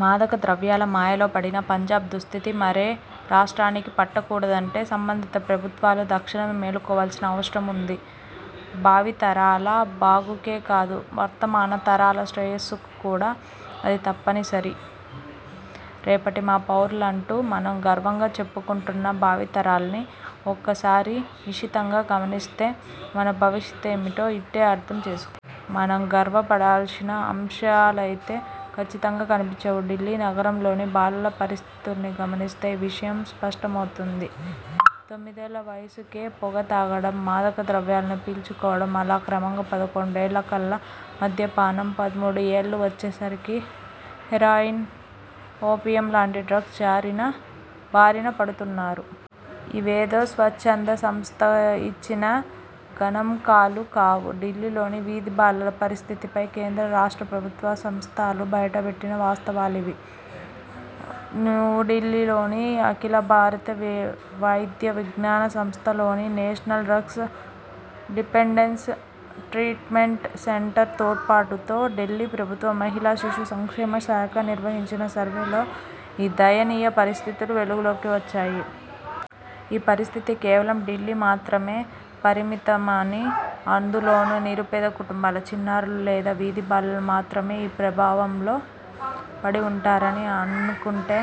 మాదక ద్రవ్యాల మాయలో పడిన పంజాబ్ దుస్థితి మరే రాష్ట్రానికీ పట్టకూడదంటే సంబంధిత ప్రభుత్వాలు తక్షణమే మేలుకోవాల్సిన అవసరముంది. భావితరాల బాగుకే కాదు, వర్తమాన తరాల శ్రేయస్సుకు కూడా ఇది తప్పనిసరి. రేపటి మా పౌరులంటూ మనం గర్వంగా చెప్పుకుంటున్న భావితరాల్ని ఒక్కసారి నిశితంగా గమనిస్తే మన భవిష్యత్తేమిటో ఇట్టే అర్థం చేసుకోవచ్చు. మనం గర్వపడాల్సిన అంశాలైతే కచ్చితంగా కనిపించవు. ఢిల్లీ నగరంలోని బాలల పరిస్థితుల్ని గమనిస్తే ఈ విషయం స్పష్ట మవుతుంది. తొమ్మిదేళ్ళ వయసుకే పొగ తాగడం, మాదక ద్రవ్యాల్ని పీల్చుకోవడం, అలా క్రమంగా పదకొండు ఏళ్ళకల్లా మద్యపానం, పదమూడు ఏళ్ళు వచ్చే సరికి హెరాయిన్, ఓపీఎం లాంటి డ్రగ్స్ జారిన బారిన పడుతున్నారు. ఇవేదో స్వచ్ఛంద సంస్థ దా ఇచ్చిన గణాంకాలు కావు. ఢిల్లీలోని వీధి బాలల పరిస్థితులపై కేంద్ర, రాష్ట్ర ప్రభుత్వ సంస్థలు బయటపెట్టిన వాస్తవాలివి. న్యూఢిల్లీ లోని అఖిల భారత వే వైద్య విజ్ఞాన సంస్థ లోని national drug dependence treatment centre తోడ్పాటుతో ఢిల్లీ ప్రభుత్వ మహిళా శిశు సంక్షేమ శాఖ నిర్వహించిన సర్వేలో ఈ దయనీయ పరిస్థితులు వెలుగులోకి వచ్చాయి. ఈ పరిస్థితి కేవలం ఢిల్లీ మాత్రమే పరిమిత మని, అందులోనూ నిరుపేద కుటుంబాల చిన్నారులు లేదా వీధి బాలలు మాత్రమే ఈ ప్రభావంలో పడి ఉంటారని అనుకుంటే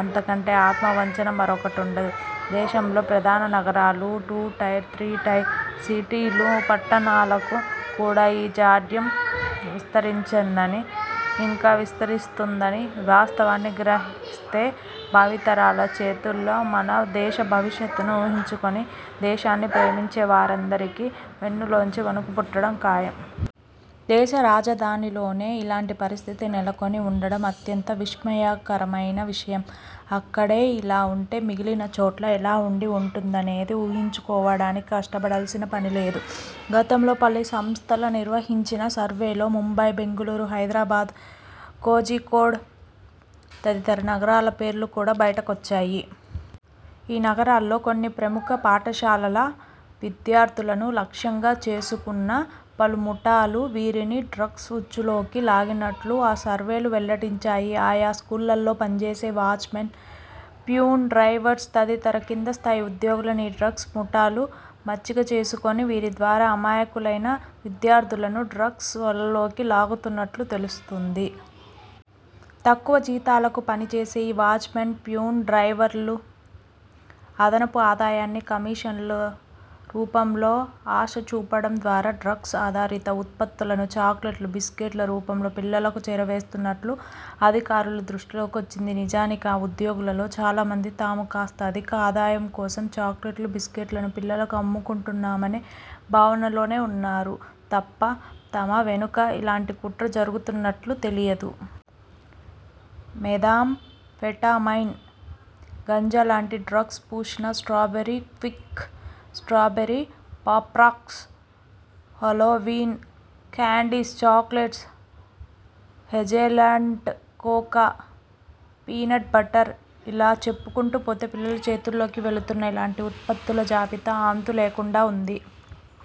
అంత కంటే ఆత్మ వంచన మరొకటుండదు. దేశంలోని ప్రధాన నగరాలు, టూ టైర్, త్రీ టైర్ సిటీలు, పట్టణాలకు కూడా ఈ జాడ్యం విస్తరించిందని, ఇంకా విస్తరిస్తోందన్న వాస్తవాన్ని గ్రహిస్తేభావితరాల చేతుల్లో మన దేశ భవిష్యత్తును ఊహించుకుని దేశాన్ని ప్రేమించే వారందరికీ వెన్నులోంచి వణుకు పుట్టడం ఖాయం. దేశ రాజధానిలోనే ఇలాంటి పరిస్థితి నెలకొని ఉండటం అత్యంత విస్మయకరమైన విషయం. అక్కడే అలా ఉంటే మిగిలిన చోట్ల ఎలా ఉండి ఉంటుందనేది ఊహించుకోవడానికి కష్టపడాల్సిన పనిలేదు. గతంలో పలు సంస్థల నిర్వహించిన సర్వేల్లో ముంబై, బెంగళూరు, హైదరాబాద్, కొజికోడ్ తదితర నగరాల పేర్లు కూడా బయటకొచ్చాయి. ఈ నగరాల్లోని కొన్ని ప్రముఖ పాఠశాలల విద్యార్థులను లక్ష్యంగా చేసుకున్న పలు ముఠాలు వీరిని డ్రగ్స్ ఉచ్చులోకి లాగినట్లు ఆ సర్వేలు వెల్లడించాయి. ఆయా స్కూళ్లలో పనిచేసే వాచ్మెన్, ప్యూన్, డ్రైవర్స్ తదితర కింది స్థాయి ఉద్యోగులను ఈ డ్రగ్స్ ముఠాలు మచ్చిక చేసుకుని వీరి ద్వారా అమాయకులైన విద్యార్థులను డ్రగ్స్ వలలోకి లాగుతున్నట్లు తెలుస్తోంది. తక్కువ జీతాలకు పనిచేసే ఈ వాచ్మెన్, ప్యూన్ డ్రైవర్లు అదనపు ఆదాయాన్ని కమిషన్ల రూపంలో ఆశచూపడం ద్వారా డ్రగ్స్ ఆధారిత ఉత్పత్తులను చాక్లెట్లు, బిస్కెట్ల రూపంలో పిల్లలకు చేరవేస్తున్నట్లు అధికారుల దృష్టిలోకి వచ్చింది. నిజానికి ఆ ఉద్యోగులలో చాలా మంది తాము కాస్త అధిక ఆదాయం కోసం చాక్లెట్లు, బిస్కెట్లను పిల్లలకు అమ్ముకుంటున్నామనే భావనలోనే ఉన్నారు తప్ప తమ వెనుక ఇలాంటి కుట్ర జరుగుతున్నట్లు తెలియదు. మెథాంఫెటమైన్, గంజా లాంటి డ్రగ్స్ పూసిన strawberry quick, strawberry Pop Rocks, Halloween candies, chocolates, hazelnut cocoa, peanut butter ఇలా చెప్పుకుంటూ పోతే పిల్లల చేతుల్లోకి వెళుతున్న ఇలాంటి ఉత్పత్తుల జాబితా అంతు లేకుండా ఉంది.